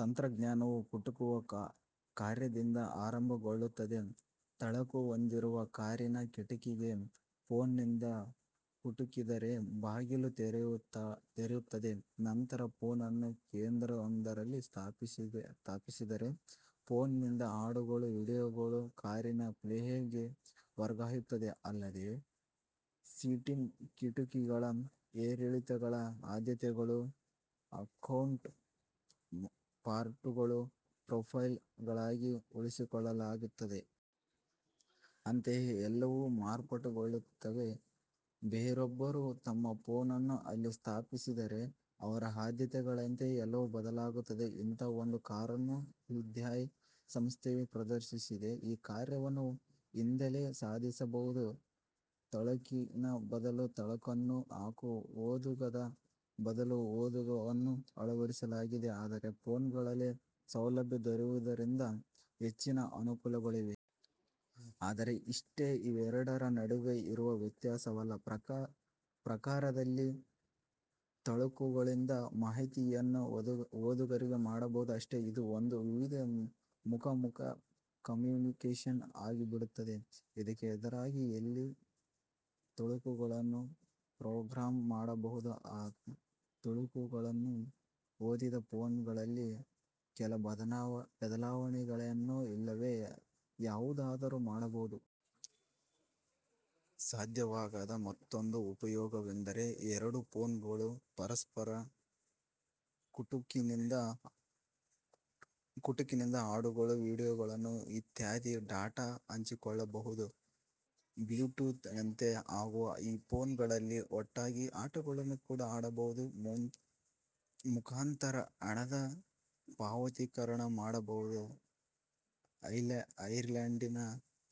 ತಂತ್ರಜ್ಞಾನವು ಕುಟುಕುವ ಕಾರ್ಯದಿಂದ ಆರಂಭಗೊಳ್ಳುತ್ತದೆ. ತಳುಕು ಹೊಂದಿರುವ ಕಾರಿನ ಕಿಟುಕಿಗೆ ಫೋನ್ ನಿಂದ ಕುಟುಕಿದರೆ ಬಾಗಿಲು ತೆರೆದುಕೊಳ್ಳುತ್ತದೆ. ನಂತರ ಫೋನನ್ನು ಕೇಂದ್ರವೊಂದರಲ್ಲಿ ಸ್ಥಾಪಿಸಿದರೆ, ಫೋನ್ ನಿಂದ ಹಾಡುಗಳು, ವೀಡಿಯೋಗಳು ಕಾರಿನ ಪ್ಲೇಯರ್ ಗೆ ವರ್ಗವಾಗುತ್ತವೆ. ಅಲ್ಲದೆ ಸೀಟಿನ, ಕಿಟುಕಿಗಳ ಏರಿಳಿತಗಳ ಆದ್ಯತೆಗಳು, ಅಕೌಂಟ್ ಮಾರ್ಪಾಟುಗಳು, ಪ್ರೊಫೈಲ್ ಗಳಾಗಿ ಉಳಿಸಿರಲಾಗುತ್ತದೆ. ಅಂತೆಯೇ ಎಲ್ಲವೂ ಮಾರ್ಪಟುಗೊಳ್ಳುತ್ತವೆ. ಬೇರೊಬ್ಬರು ತಮ್ಮ ಫೋನನ್ನು ಅಲ್ಲಿ ಸ್ಥಾಪಿಸಿದರೆ ಅವರ ಆದ್ಯತೆಗಳಂತೆ ಎಲ್ಲವೂ ಬದಲಾಗುತ್ತವೆ. ಇಂತಹ ಒಂದು ಕಾರನ್ನು ಹ್ಯುಂದಾಯ್ ಸಂಸ್ಥೆಯು ಪ್ರದರ್ಶಿಸಿದೆ. ಈ ಕಾರ್ಯವನ್ನು ಯಿಂದಲೇ ಸಾಧಿಸಬಹುದು. ತಳುಕಿನ ಬದಲು ತಳುಕನ್ನು ಹಾಗು ಓದುಗದ ಬದಲು ಓದುಗವನ್ನು ಅಳವಡಿಸಲಾಗಿದೆ. ಆದರೆ ಫೋನ್ ಗಳಲ್ಲಿ ಸೌಲಭ್ಯ ದೊರೆಯುವುದರಿಂದ ಹೆಚ್ಚಿನ ಅನುಕೂಲಗಳಿವೆ. ಆದರೆ ಇಷ್ಟೇ ಇವೆರಡರ ನಡುವೆ ಇರುವ ವ್ಯತ್ಯಾಸವಲ್ಲ. ಪ್ರಕಾರದಲ್ಲಿ ತಳುಕುಗಳಿಂದ ಮಾಹಿತಿಯನ್ನು ಓದುಗರೆ ಮಾಡಬಹುದು ಅಷ್ಟೇ. ಇದು ಒಂದು ವಿಧದಲ್ಲಿ ಏಕಮುಖ ಕಮ್ಯುನಿಕೇಷನ್ ಆಗಿಬಿಡುತ್ತದೆ. ಇದಕ್ಕೆ ಎದುರಾಗಿ ಯಲ್ಲಿ ತಳುಕುಗಳನ್ನು ಪ್ರೊಗ್ರಾಮ್ ಮಾಡಬಹುದು. ಆ ತಳುಕುಗಳನ್ನು ಓದಿದ ಫೋನ್ ಗಳಲ್ಲಿ ಕೆಲ ಬದಲಾವನೆಯನ್ನೋ, ಇಲ್ಲವೇ ಯಾವುದಾದರೂ ಮಾಡಬಹುದು. ಸಾಧ್ಯವಾಗದ ಮತ್ತೊಂದು ಉಪಯೋಗವೆಂದರೆ. ಎರಡು ಫೋನ್ ಗಳು ಪರಸ್ಪರ ಕುಟುಕಿನಿಂದ ಹಾಡುಗಳು, ವೀಡಿಯೋಗಳು ಇತ್ಯಾದಿ ಡಾಟಾ ಹಂಚಿಕೊಳ್ಳಬಹುದು. ಬ್ಲೂಟೂತ್ ನಂತೆ ಆಗುವ ಈ ಫೋನ್ ಗಳಲ್ಲಿ ಒಟ್ಟಾಗಿ ಆಟಗಳನ್ನು ಕೂಡ ಆಡಬಹುದು. ಮುಖಾಂತರ ಹಣದ ಪಾವತೀಕರಣ ಮಾಡಬಹುದು. ಐರ್ಲ್ಯಾಂಡಿನ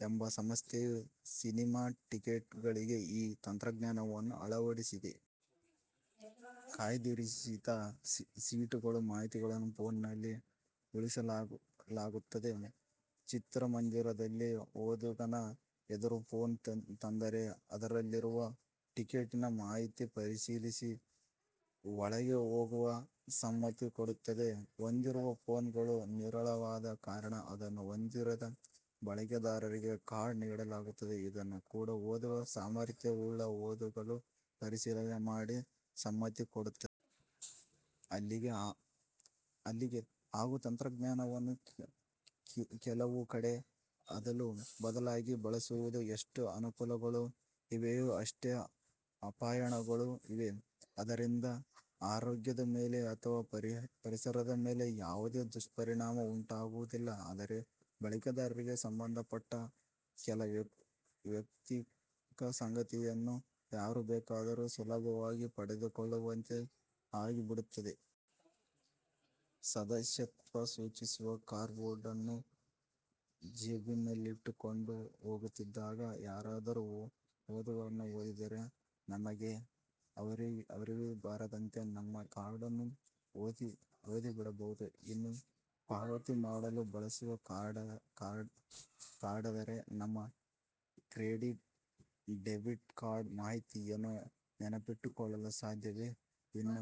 ಎಂಬ ಸಂಸ್ಥೆಯು ಸಿನಿಮಾ ಟಿಕೆಟ್ ಗಳಿಗೆ ಈ ತಂತ್ರಜ್ಞಾನವನ್ನು ಅಳವಡಿಸಿದೆ. ಕಾಯ್ದಿರಿಸಿದ ಸೀಟುಗಳ ಮಾಹಿತಿಯನ್ನು ಫೋನ್ ನಲ್ಲಿ ಉಳಿಸಿರಲಾಗುತ್ತದೆ. ಚಿತ್ರಮಂದಿರದಲ್ಲಿ ಓದುಗನ ಎದುರು ಫೋನ್ ತಂದರೆ, ಅದರಲ್ಲಿರುವ ಟಿಕೆಟ್ಟಿನ ಮಾಹಿತಿ ಪರಿಶೀಲಿಸಿ, ಒಳಗೆ ಹೋಗಲು ಸಮ್ಮತಿ ಕೊಡುತ್ತದೆ. ಹೊಂದಿರುವ ಫೋನ್ ಗಳು ವಿರಳವಾದ ಕಾರಣ ಅದನ್ನು ಹೊಂದಿರದ ಬಳಕೆದಾರರಿಗೆ ಕಾರ್ಡ್ ನೀಡಲಾಗುತ್ತದೆ. ಇದನ್ನು ಕೂಡ ಓದುವ ಸಾಮರ್ಥ್ಯವುಳ್ಳ ಓದುಗವು ಪರಿಶೀಲನೆ ಮಾಡಿ ಸಮ್ಮತಿ ಕೊಡುತ್ತದೆ. ಅಲ್ಲಿಗೆ ಹಾಗು ತಂತ್ರಜ್ಞಾನಗಳನ್ನು ಕೆಲವು ಕಡೆ ಅದಲು ಬದಲಾಗಿ ಬಳಸಬಹುದು. ಎಷ್ಟು ಅನುಕೂಲಗಳು ಇವೆಯೋ ಅಷ್ಟೇ ಅಪಾಯಗಳೂ ಇವೆ. ಇದರಿಂದ ಆರೋಗ್ಯದ ಮೇಲೆ ಅಥವಾ ಪರಿಸರದ ಮೇಲೆ ಯಾವುದೇ ದುಷ್ಪರಿಣಾಮ ಉಂಟಾಗುವುದಿಲ್ಲ, ಆದರೆ ಬಳಕೆದಾರರಿಗೆ ಸಂಬಂಧ ಪಟ್ಟ ಕೆಲ ವೈಯಕ್ತಿಕ ಸಂಗತಿಗಳನ್ನು ಯಾರು ಬೇಕಾದರೂ ಸುಲಭವಾಗಿ ಪಡೆದುಕೊಳ್ಳುವಂತೆ ಆಗಿಬಿಡುತ್ತದೆ. ಸದಸ್ಯತ್ವ ಸೂಚಿಸುವ ಕಾರ್ಡೊಂದನ್ನು ಜೇಬಿನಲ್ಲಿಟ್ಟುಕೊಂಡು ಹೋಗುತ್ತಿದ್ದಾಗ, ಯಾರಾದರೂ ಓದುಗವನ್ನು ಹೊಂದಿದ್ದರೆ ನಮಗೆ ಅರಿವಿಗೇ ಬಾರದಂತೆ ನಮ್ಮ ಕಾರ್ಡನ್ನು ಓದಿಬಿಡಬಹುದು. ಇನ್ನು ಪಾವತಿ ಮಾಡಲು ಬಳಸುವ ಕಾರ್ಡಾದರೆ, ನಮ್ಮ ಕ್ರೆಡಿಟ್ ಡೆಬಿಟ್ ಕಾರ್ಡ್ ಮಾಹಿತಿಯನ್ನು ನೆನಪಿಟ್ಟುಕೊಳ್ಳಲು ಸಾಧ್ಯವಿದೆ. ಇನ್ನು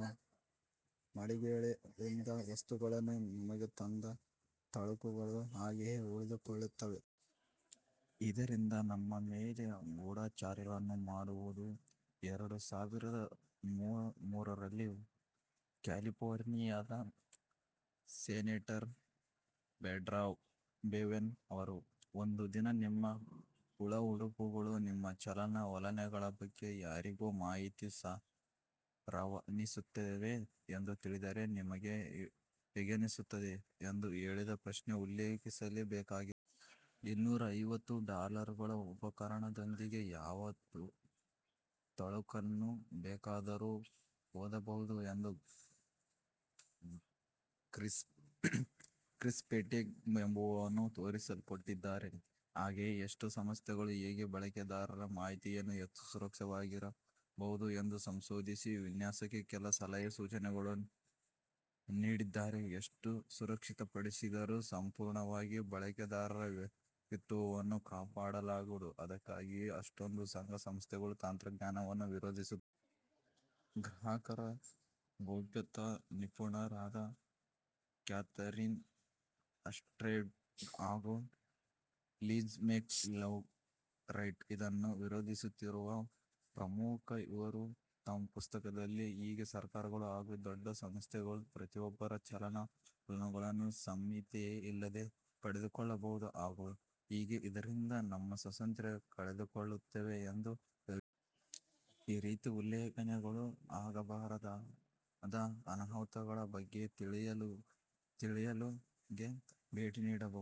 ಮಳಿಗೆಗಳಿಂದ ವಸ್ತುಗಳನ್ನು ಮನೆಗೆ ತಂದಾಗ, ತಳುಕುಗಳು ಹಾಗೆಯೇ ಉಳಿದುಕೊಳ್ಳುತ್ತವೆ. ಇದರಿಂದ ನಮ್ಮ ಮೇಲೆ ಗೂಢಚರ್ಯವನ್ನು ಮಾಡಬಹುದು. ಎರಡು ಸಾವಿರದ ಮೂರರಲ್ಲಿ ಕ್ಯಾಲಿಫೋರ್ನಿಯಾದ ಸೆನೇಟರ್ ಡೆಬ್ರಾ ಬವೆನ್ ರವರು "ಒಂದು ದಿನ ನಿಮ್ಮ ಒಳಉಡುಪುಗಳು ನಿಮ್ಮ ಚಲನ ವಲನಗಳ ಬಗ್ಗೆ ಯಾರಿಗೋ ಮಾಹಿತಿ ರವಾನಿಸುತ್ತಿವೆ ಎಂದು ತಿಳಿದರೆ, ನಿಮಗೆ ಹೇಗೆನಿಸುತ್ತದೆ?" ' ಎಂದು ಕೇಳಿದ ಪ್ರಶ್ನೆ ಉಲ್ಲೇಖಿಸಲೇ ಬೇಕಾದದ್ದು. ಇನ್ನೂರೈವತ್ತುಡಾಲರುಗಳ ಉಪಕರಣದೊಂದಿಗೆ ಯಾವ ತಳುಕನ್ನು ಬೇಕಾದರೂ ಓದಬಹುದು ಎಂದು ಕ್ರಿಸ್ ಪೆಗೆಟ್ ಎಂಬುವವರು ತೋರಿಸಿಕೊಟ್ಟಿದ್ದಾರೆ. ಹಾಗೆಯೇ ಎಷ್ಟೋ ಸಂಸ್ಥೆಗಳು ಹೇಗೆ ಬಳಕೆದಾರರ ಮಾಹಿತಿಯನ್ನು ಹೆಚ್ಚು ಸುರಕ್ಷಿತವಾಗಿಸಬಹುದು ಎಂದು ಸಂಶೋಧಿಸಿ ವಿನ್ಯಾಸಕ್ಕೆ ಕೆಲ ಸಲಹೆ ಸೂಚನೆಗಳನ್ನು ನೀಡಿದ್ದಾರೆ. ಎಷ್ಟು ಸುರಕ್ಷಿತಪಡಿಸಿದರೂ, ಸಂಪೂರ್ಣವಾಗಿ ಬಳಕೆದಾರರ ವ್ಯಕ್ತಿತ್ವವನ್ನು ಕಾಪಾಡಲಾಗದು. ಅದಕ್ಕಾಗಿಯೆ ಎಷ್ಟೊಂದು ಸಂಘ ಸಂಸ್ಥೆಗಳು ತಂತ್ರಜ್ಞಾನವನ್ನು ವಿರೋಧಿಸುತ್ತಿವೆ. ಗ್ರಾಹಕ ಗೌಪ್ಯತಾ ನಿಪುಣರಾದ ಕ್ಯಾಥರೀನ್ ಆಲ್ಬ್ರೆಟ್ ಹಾಗು ಲಿಜ್ ಮೆಕ್ ಲನ್ ಟೈರ್ ಇದನ್ನು ವಿರೋಧಿಸುತ್ತಿರುವ ಪ್ರಮುಖರು. ಇವರು ತಮ್ಮ ಪುಸ್ತಕ: ದಲ್ಲಿ ಹೇಗೆ ಸರ್ಕಾರಗಳು ಹಾಗು ದೊಡ್ಡ ಸಂಸ್ಥೆಗಳು ಪ್ರತಿಯೊಬ್ಬರ ಚಲನ ವಲನಗಳನ್ನು ಸಮ್ಮತಿಯೇ ಇಲ್ಲದೆ ಪಡೆದುಕೊಳ್ಳಬಹುದು ಹಾಗು ಹೇಗೆ ಇದರಿಂದ ನಮ್ಮ ಸ್ವಾತಂತ್ರ್ಯ ಕಳೆದುಕೊಳ್ಳುತ್ತೇವೆ ಎಂದು ವಿವರಿಸಿದ್ದಾರೆ. ಈ ರೀತಿಯ ಉಲ್ಲಂಘನೆಗಳು, ಆಗಬಹುದಾದ ಅನಾಹುತಗಳ ಬಗ್ಗೆ ತಿಳಿಯಲು ಗೆ ಭೇಟಿ ನೀಡಬಹುದು.